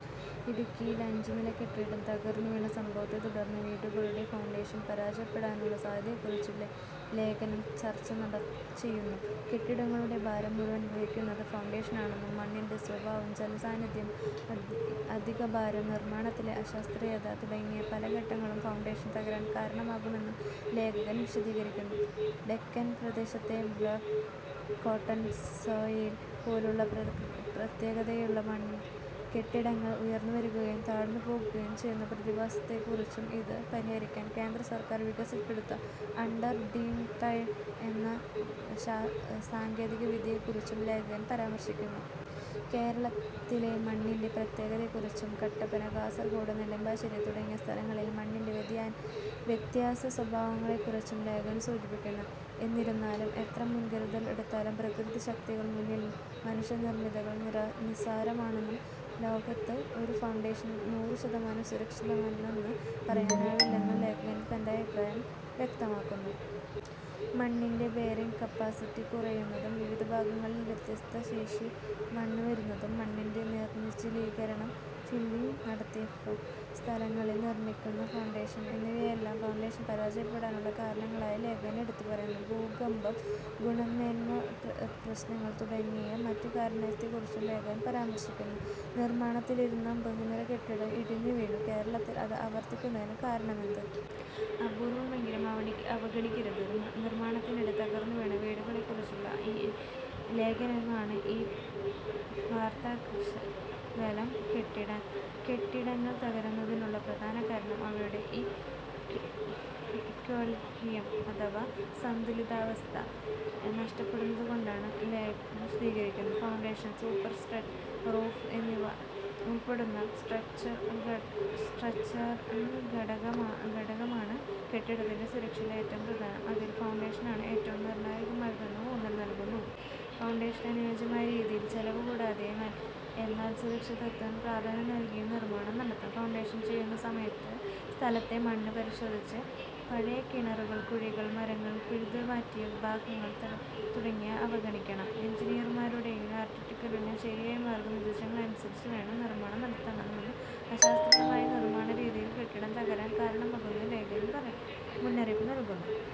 ഇടുക്കിയിൽ അഞ്ചു നില കെട്ടിടം തകർന്നുവീണ സംഭവത്തെത്തുടർന്ന് വീടുകളുടെ ഫൗണ്ടേഷൻ പരാജയപ്പെടാനുള്ള സാധ്യതകളെക്കുറിച്ച് ലേഖനം ചർച്ച ചെയ്യുന്നു. കെട്ടിടങ്ങളുടെ ഭാരം മുഴുവൻ വഹിക്കുന്നത് ഫൗണ്ടേഷനാണെന്നും, മണ്ണിൻ്റെ സ്വഭാവം, ജലസാന്നിധ്യം, അധികഭാരം, നിർമ്മാണത്തിലെ അശാസ്ത്രീയത തുടങ്ങിയ പല ഘടകങ്ങളും ഫൗണ്ടേഷൻ തകരാൻ കാരണമാകുമെന്നും ലേഖകൻ വിശദീകരിക്കുന്നു. ഡെക്കാൻ പ്രദേശത്തെ ബ്ലാക്ക് കോട്ടൺ സോയിൽ പോലുള്ള പ്രത്യേകതകളുള്ള മണ്ണിൽ കെട്ടിടങ്ങൾ ഉയർന്നുവരികയും താഴ്ന്നുപോകുകയും ചെയ്യുന്ന പ്രതിഭാസത്തെക്കുറിച്ചും, ഇത് പരിഹരിക്കാൻ കേന്ദ്രസർക്കാർ വികസിപ്പിച്ചെടുത്ത അണ്ടർ റീംഡ് പൈൽ എന്ന സാങ്കേതികവിദ്യയെക്കുറിച്ചും ലേഖനത്തിൽ പരാമർശിക്കുന്നു. കേരളത്തിലെ മണ്ണിൻ്റെ പ്രത്യേകതകളെക്കുറിച്ചും, കട്ടപ്പന, കാസർകോട്, നെടുമ്പാശ്ശേരി തുടങ്ങിയ സ്ഥലങ്ങളിലെ മണ്ണിൻ്റെ വ്യത്യസ്ത സ്വഭാവങ്ങളെക്കുറിച്ചും ലേഖനം സൂചിപ്പിക്കുന്നു. എന്നിരുന്നാലും, എത്ര മുൻകരുതൽ എടുത്താലും പ്രകൃതി ശക്തികൾക്ക് മുന്നിൽ മനുഷ്യനിർമ്മിതികൾ നിസ്സാരമാണെന്നും, ലോകത്ത് ഒരു ഫൗണ്ടേഷനും നൂറു ശതമാനം സുരക്ഷിതമാണെന്ന് പറയാനാവില്ലെന്നും ലേഖകൻ തൻ്റെ അഭിപ്രായം വ്യക്തമാക്കുന്നു. മണ്ണിൻ്റെ ബെയറിങ് കപ്പാസിറ്റി കുറയുന്നതും, വിവിധ ഭാഗങ്ങളിൽ വ്യത്യസ്ത ശേഷിയുള്ള മണ്ണ് വരുന്നതും, മണ്ണിൻ്റെ നിർജലീകരണം, ഫില്ലിംഗ് നടത്തിയ സ്ഥലങ്ങളിൽ നിർമ്മിക്കുന്ന ഫൗണ്ടേഷനുകൾ എന്നിവയെല്ലാം ഫൗണ്ടേഷൻ പരാജയപ്പെടാനുള്ള കാരണങ്ങളായി ലേഖനം എടുത്തുപറയുന്നു. ഭൂകമ്പം, ഗുണമേന്മാ പ്രശ്നങ്ങൾ തുടങ്ങിയ മറ്റു കാരണങ്ങളെക്കുറിച്ചും ലേഖനം പരാമർശിക്കുന്നു. നിർമാണത്തിലിരുന്ന ബഹുനില കെട്ടിടം ഇടിഞ്ഞു വീണു; കേരളത്തിൽ ഇത് ആവർത്തിക്കുന്നതിന് കാരണമെന്ത്? അപൂർവമെങ്കിലും അവഗണിക്കരുത് നിർമ്മാണത്തിനിടെ തകർന്നുവീണ വീടുകളെക്കുറിച്ചുള്ള ഒരു ലേഖനമാണ് ഈ വാർത്താശകലം. കെട്ടിടങ്ങൾ തകരുന്നതിനുള്ള പ്രധാന കാരണം അവയുടെ "ഈക്വലിബ്രിയം" അഥവാ സന്തുലിതാവസ്ഥ നഷ്ടപ്പെടുന്നതാണെന്ന് ലേഖനം വിശദീകരിക്കുന്നു. ഫൗണ്ടേഷൻ, സൂപ്പർ സ്ട്രക്ചർ, റൂഫ് എന്നിവ ഉൾപ്പെടുന്ന സ്ട്രക്ചറൽ ഘട്ടമാണ് കെട്ടിടത്തിന്റെ സുരക്ഷയിൽ ഏറ്റവും പ്രധാനം, അതിൽ ഫൗണ്ടേഷൻ ആണ് ഏറ്റവും നിർണായകമായതെന്നും ഊന്നൽ നൽകുന്നു. ഫൗണ്ടേഷന് അനുയോജ്യമായ രീതിയിൽ ചെലവ് കൂടാതെയും, എന്നാൽ സുരക്ഷിതത്വത്തിന് പ്രാധാന്യം നൽകിയും നിർമ്മാണം നടത്തണം. ഫൗണ്ടേഷൻ ചെയ്യുന്ന സ്ഥലത്തെ മണ്ണ് പരിശോധിച്ച്, പഴയ കിണറുകൾ, കുഴികൾ, മരങ്ങൾ പിഴുതുമാറ്റിയ ഭാഗങ്ങൾ തുടങ്ങിയവ പരിഗണിക്കണം. എൻജിനീയർമാരുടെയും ആർക്കിടെക്റ്റുകളുടെയും ശരിയായ മാർഗ്ഗനിർദ്ദേശങ്ങൾ അനുസരിച്ച് വേണം നിർമ്മാണം നടത്താനെന്നും, അശാസ്ത്രീയമായ നിർമ്മാണ രീതികൾ കെട്ടിടം തകരാൻ കാരണമാകുമെന്നും ലേഖനം മുന്നറിയിപ്പ് നൽകുന്നു.